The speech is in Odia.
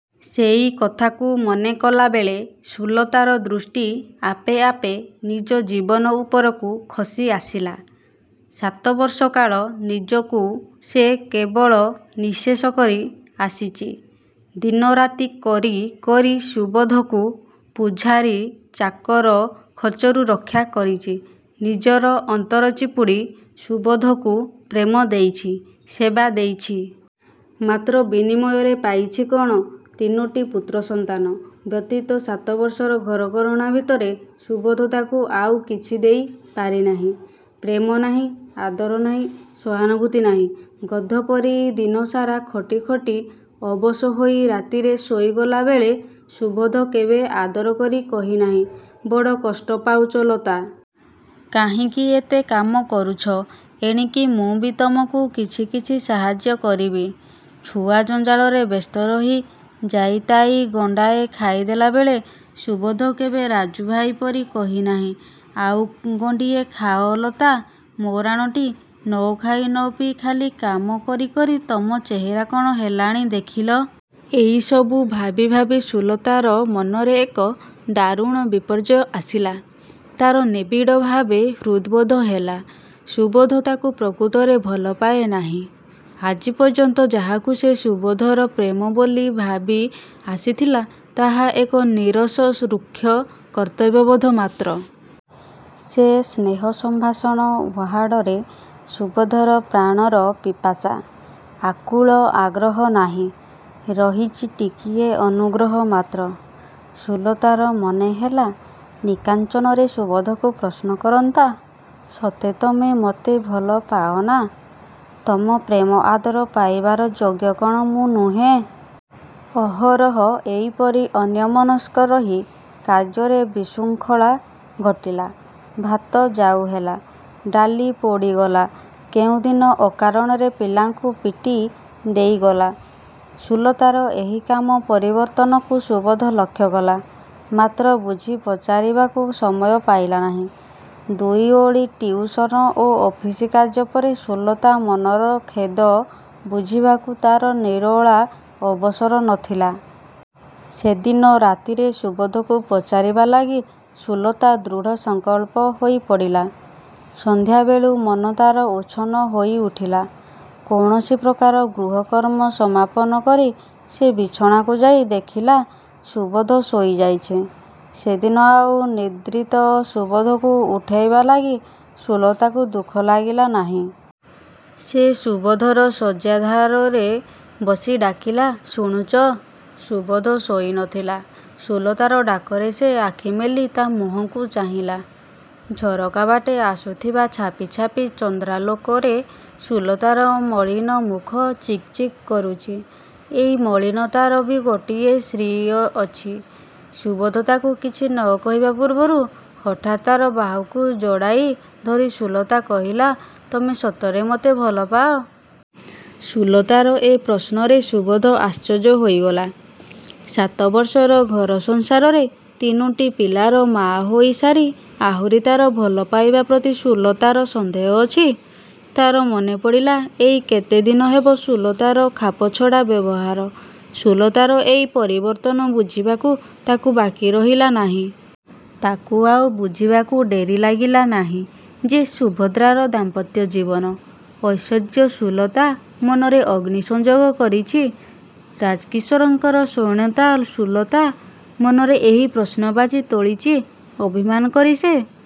ସେଇ କଥାକୁ ମନେ କଲାବେଳେ ସୁଲତାର ଦୃଷ୍ଟି ଆପେ ଆପେ ନିଜ ଜୀବନ ଉପରକୁ ଖସି ଆସିଲା, ସାତବର୍ଷ କାଳ ନିଜକୁ ସେ କେବଳ ନିଃଶେଷ କରି ଆସିଚି। ଦିନରାତି କରି କରି ସୁବୋଧକୁ ପୁଝାରୀ ଚାକର ଖର୍ଚ୍ଚରୁ ରକ୍ଷା କରିଚି। ନିଜର ଅନ୍ତର ଚିପୁଡ଼ି ସୁବୋଧକୁ ପ୍ରେମ ଦେଇଛି, ସେବା ଦେଇଛି। ମାତ୍ର ବିନିମୟରେ ପାଇଛି କ'ଣ? ତିନୋଟି ପୁତ୍ରସନ୍ତାନ ବ୍ୟତୀତ ସାତବର୍ଷର ଘରକରଣା ଭିତରେ ସୁବୋଧ ତାକୁ ଆଉ କିଛି ଦେଇ ପାରିନାହିଁ। ପ୍ରେମ ନାହିଁ, ଆଦର ନାହିଁ, ସହାନୁଭୂତି ନାହିଁ। ଗଧ ପରି ଦିନସାରା ଖଟି ଖଟି ଅବଶ ହୋଇ ରାତିରେ ଶୋଇଗଲା ବେଳେ ସୁବୋଧ କେବେ ଆଦର କରି କହିନାହିଁ, "ବଡ଼ କଷ୍ଟ ପାଉଚ ଲତା। କାହିଁକି ଏତେ କାମ କରୁଚ? ଏଣିକି ମୁଁ ବି ତମକୁ କିଛି କିଛି ସାହାଯ୍ୟ କରିବି। "ଛୁଆ ଜଞ୍ଜାଳରେ ବ୍ୟସ୍ତ ରହି ଯାଇତାଇ ଗଣ୍ଡାଏ ଖାଇଦେଲା ବେଳେ ସୁବୋଧ କେବେ ରାଜୁଭାଇ ପରି କହିନାହିଁ, "ଆଉ ଗଣ୍ଡିଏ ଖାଅ ଲତା, ମୋ' ରାଣଟି। ନଖାଇ ନପିଇ ଖାଲି କାମ କରି କରି ତମ ଚେହେରା କ'ଣ ହେଲାଣି ଦେଖିଲ। "ଏଇସବୁ ଭାବି ଭାବି ସୁଲତାର ମନରେ ଏକ ଦାରୁଣ ବିପର୍ଯ୍ୟୟ ଆସିଲା। ତାର ନିବିଡ଼ ଭାବେ ହୃଦବୋଧ ହେଲା, ସୁବୋଧ ତାକୁ ପ୍ରକୃତରେ ଭଲପାଏ ନାହିଁ। ଆଜି ପର୍ଯ୍ୟନ୍ତ ଯାହାକୁ ସେ ସୁବୋଧର ପ୍ରେମ ବୋଲି ଭାବି ଆସିଥିଲା ତାହା ଏକ ନୀରସ ରୁକ୍ଷ କର୍ତ୍ତବ୍ୟବୋଧ ମାତ୍ର। ସେ ସ୍ନେହ ସମ୍ଭାଷଣ ଉହାଡ଼ରେ ସୁବୋଧର ପ୍ରାଣର ପିପାସା, ଆକୁଳ ଆଗ୍ରହ ନାହିଁ। ରହିଚି ଟିକିଏ ଅନୁଗ୍ରହ ମାତ୍ର। ସୁଲତାର ମନେହେଲା ନିକାଞ୍ଚନରେ ସୁବୋଧକୁ ପ୍ରଶ୍ନ କରନ୍ତା, "ସତେ ତମେ ମତେ ଭଲ ପାଅନା? ତମ ପ୍ରେମ ଆଦର ପାଇବାର ଯୋଗ୍ୟ କ'ଣ ମୁଁ ନୁହେଁ?" ଅହରହ ଏଇପରି ଅନ୍ୟମନସ୍କ ରହି କାର୍ଯ୍ୟରେ ବିଶୃଙ୍ଖଳା ଘଟିଲା। ଭାତ ଜାଉ ହେଲା, ଡାଲି ପୋଡ଼ିଗଲା। କେଉଁଦିନ ଅକାରଣରେ ପିଲାଙ୍କୁ ପିଟି ଦେଇଗଲା। ସୁଲତାର ଏହି କାମ ପରିବର୍ତ୍ତନକୁ ସୁବୋଧ ଲକ୍ଷ୍ୟକଲା। ମାତ୍ର ବୁଝି ପଚାରିବାକୁ ସମୟ ପାଇଲା ନାହିଁ। ଦୁଇ ଓଳି ଟିଉସନ ଓ ଅଫିସ କାର୍ଯ୍ୟ ପରେ ସୁଲତା ମନର ଖେଦ ବୁଝିବାକୁ ତାର ନିରୋଳା ଅବସର ନଥିଲା। ସେଦିନ ରାତିରେ ସୁବୋଧକୁ ପଚାରିବା ଲାଗି ସୁଲତା ଦୃଢ଼ସଂକଳ୍ପ ହୋଇ ପଡ଼ିଲା। ସନ୍ଧ୍ୟା ବେଳୁ ମନ ତାର ଉଚ୍ଛନ୍ନ ହୋଇଉଠିଲା। କୌଣସି ପ୍ରକାର ଗୃହ କର୍ମ ସମାପନ କରି ସେ ବିଛଣାକୁ ଯାଇ ଦେଖିଲା, ସୁବୋଧ ଶୋଇଯାଇଚି। ସେଦିନ ଆଉ ନିଦ୍ରିତ ସୁବୋଧକୁ ଉଠାଇବା ଲାଗି ସୁଲତାକୁ ଦୁଃଖ ଲାଗିଲା ନାହିଁ। ସେ ସୁବୋଧର ଶଯ୍ୟାଧାରରେ ବସି ଡାକିଲା, "ଶୁଣୁଚ?"ସୁବୋଧ ଶୋଇନଥିଲା। ସୁଲତାର ଡାକରେ ସେ ଆଖିମେଲି ତା ମୁହଁକୁ ଚାହିଁଲା। ଝରକାବାଟେ ଆସୁଥିବା ଛାପିଛାପି ଚନ୍ଦ୍ରାଲୋକରେ ସୁଲତାର ମଳିନ ମୁଖ ଚିକ୍‌ଚିକ୍ କରୁଚି। ଏଇ ମଳିନତାର ବି ଗୋଟାଏ ଶ୍ରୀ ଅଛି। ସୁବୋଧ ତାକୁ କିଛି ନ କହିବା ପୂର୍ବରୁ ହଠାତ୍ ତାର ବାହୁକୁ ଜଡ଼ାଇ ଧରି ସୁଲତା କହିଲା, "ତମେ ସତରେ ମତେ ଭଲପାଅ?" ସୁଲତାର ଏ ପ୍ରଶ୍ନରେ ସୁବୋଧ ଆଶ୍ଚର୍ଯ୍ୟ ହୋଇଗଲା। ସାତବର୍ଷର ଘର ସଂସାରରେ ତିନୋଟି ପିଲାର ମାଆ ହୋଇ ସାରି ଆହୁରି ତାର ଭଲପାଇବା ପ୍ରତି ସୁଲତାର ସନ୍ଦେହ ଅଛି? ତାର ମନେପଡ଼ିଲା ଏଇ କେତେଦିନ ହେବ ସୁଲତାର ଖାପଛଡ଼ା ବ୍ୟବହାର। ସୁଲତାର ଏଇ ପରିବର୍ତ୍ତନ ବୁଝିବାକୁ ତାକୁ ବାକି ରହିଲା ନାହିଁ। ତାକୁ ଆଉ ବୁଝିବାକୁ ଡେରି ଲାଗିଲାନାହିଁ, ଯେ ସୁଭଦ୍ରାର ଦାମ୍ପତ୍ୟ ଜୀବନ, ଐଶ୍ଵର୍ଯ୍ୟ ସୁଲତା ମନରେ ଅଗ୍ନି ସଂଯୋଗ କରିଛି। ରାଜକିଶୋରଙ୍କର ସ୍ତ୍ରୈଣତା ସୁଲତା ମନରେ ଏହି ପ୍ରଶ୍ନବାଚୀ ତୋଳିଚି, ଅଭିମାନ କରି ସେ